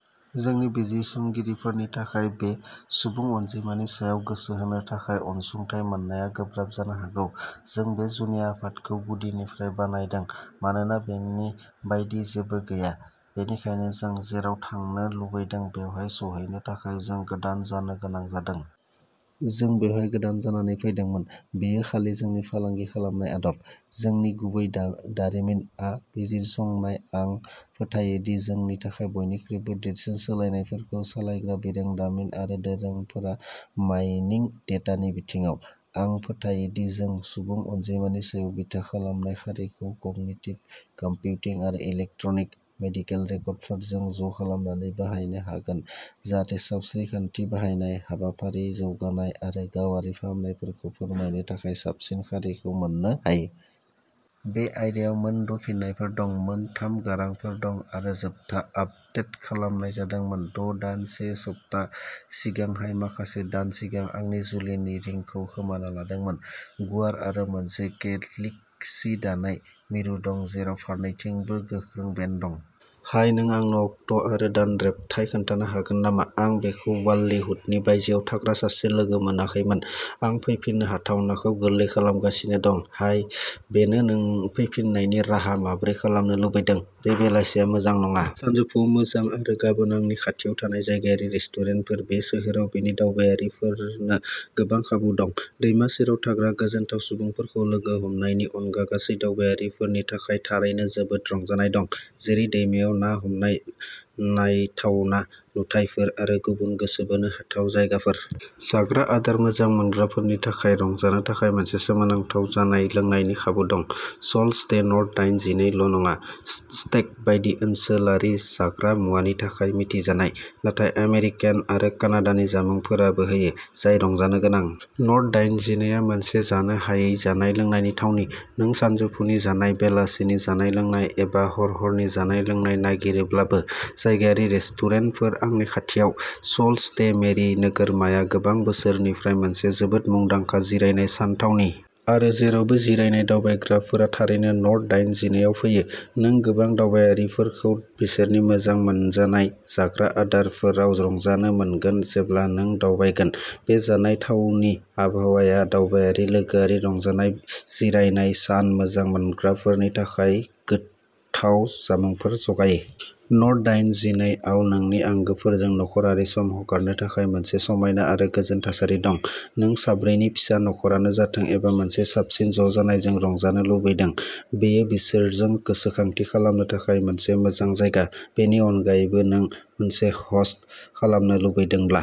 जोंनि बिजिरसंगिरिफोरनि थाखाय बे सुबुं अनजिमानि सायाव गोसो होनो थाखाय अनसुंथाय मोननाया गोब्राब जानो हागौ। जों बे जुनिया आफादखौ गुदिनिफ्राय बानायदों। मानोना बेनि बायदि जेबो गैया, बेनिखायनो जों जेराव थांनो लुबैदों बैयाव सौहैनो थाखाय जों गोदान जानो गोनां जादों। जों बेवहाय गोदान जानानै फैदोंमोन। बेयो खालि जों फालांगि खालामनायनि आदब। जोंनि गुबै दा "दारिमिन" आ बिजिरसंनाय आं फोथायो दि जोंनि थाखाय बयनिख्रुइबो देरसिन सोलायनायफोरखौ सालायग्रा बिरोंदामिन आरो दोरोंफोरा माइनिं डेटानि बिथिङाव। आं फोथायो दि जों सुबुं अनजिमानि सायाव बिथा खालामनाय खारिखौ कगनिटिभ कम्पिउटिं आरो इलेक्ट्रनिक मेडिकेल रेकर्डफोरजों ज'खालामनानै बाहायनो हागोन जाहाथे सावस्रि खान्थि बाहायनाय, हाबाफारि जौगानाय आरो गावारि फाहामनायफोरखौ फोरमायनो थाखाय साबसिन खारिखौ मोननो हायो। बे आयदायाव मोन द' फिननायफोर दं, मोन थाम गारांफोर दं, आरो जोबथा आपदेट खालामनाय जादोंमोन द' दान, से सप्ता सिगांहाय माखासे दान सिगां आंनि जुलिनि रिंखौ खोमाना लादोंमोन। गुवार आरो मोनसे केल्टिक सि दानाय मिरु दं, जेराव फारनैथिंबो गोख्रों बेन्ड दं। हाय, नों आंनो अक्ट'आरो दानरेब्थाय खोन्थानो हागोन नामा? आं बेखौ वाल्लिहुडनि बायजोआव थाग्रा सासे लोगो मोनाखैमोन। आं फैफिननो हाथावनाखौ गोरलै खालामगासिनो दं। हाय, बेनो नों फैफिन्नायनि राहा माबोरै खालामनो लुबैदों। बे बेलासिया मोजां नङा। सानजौफुआव मोजां एबा गाबोन आंनि खाथियाव थानाय जायगायारि रेस्टुरेन्टफोर बे सोहोराव बिनि दावबायारिफोरनो गोबां खाबु दं, दैमा सेराव थाग्रा गोजोनथाव सुबुंफोरखौ लोगो हमनायनि अनगा गासै दावबायारिफोरनि थाखाय थारैनो जोबोद रंजानाय दं, जेरै दैमायाव ना हमनाय, नायथावना नुथायफोर आरो गुबुन गोसो बोनो हाथाव जायगाफोर। जाग्रा आदार मोजां मोनग्राफोरनि थाखाय रंजानो थाखाय मोनसे सोमोनांथाव जानाय लोंनायनि खाबु दं। Salt stay. नर्थ दाइनजिनै ल'नङा। स्टेक बायदि ओनसोलारि जाग्रा मुवानि थाखाय मिथिजानाय, नाथाय आमेरिकान आरो कानाडानि जामुंफोरबो होयो, जाय रंजानो गोनां। नर्थ दाइनजिनै आ मोनसे जानो हायै जानाय-लोंनायनि थावनि, नों सानजौफुनि जानाय, बेलासानि जानाय-लोंनाय एबा हर-हरनि जानाय-लोंनाय नागिरोब्लाबो। जायगायारि रेस्टुरेन्टफोर आंनि खाथियावः सल्ट स्टे. मेरि नोगोरमाया गोबां बोसोरनिफ्राय मोनसे जोबोद मुंदांखा जिरायनाय सान थावनि। आरो जेरावबो जिरायनाय दावबायग्राफोरा थारैनो नर्थ दाइनजिनै आव फैयो। नों गोबां दावबायारिफोरखौ बिसोरनि मोजां मोनजानाय जाग्रा आदारफोराव रंजानो मोनगोन जेब्ला नों दावबायगोन। बे जानाय थावनिनि आबहावाया दावबायारि लोगोआरि रंजानाय जिरायनाय सान मोजां मोनग्राफोरनि थाखाय गोथाव जामुंफोर जगायो। नर्थ दाइनजिनै आव नोंनि आंगोफोरजों नखरारि सम हगारनो थाखाय मोनसे समायना आरो गोजोन थासारि दं। नों साब्रैनि फिसा नखरानो जाथों एबा मोनसे साबसिन ज'जानायजों रंजानो लुबैदों। बेयो बिसोरजों गोसोखांथि खालामनो थाखाय मोनसे मोजां जायगा । बेनि अनगायैबो नों मोनसे ह'स्ट खालामनो लुबैदोंब्ला।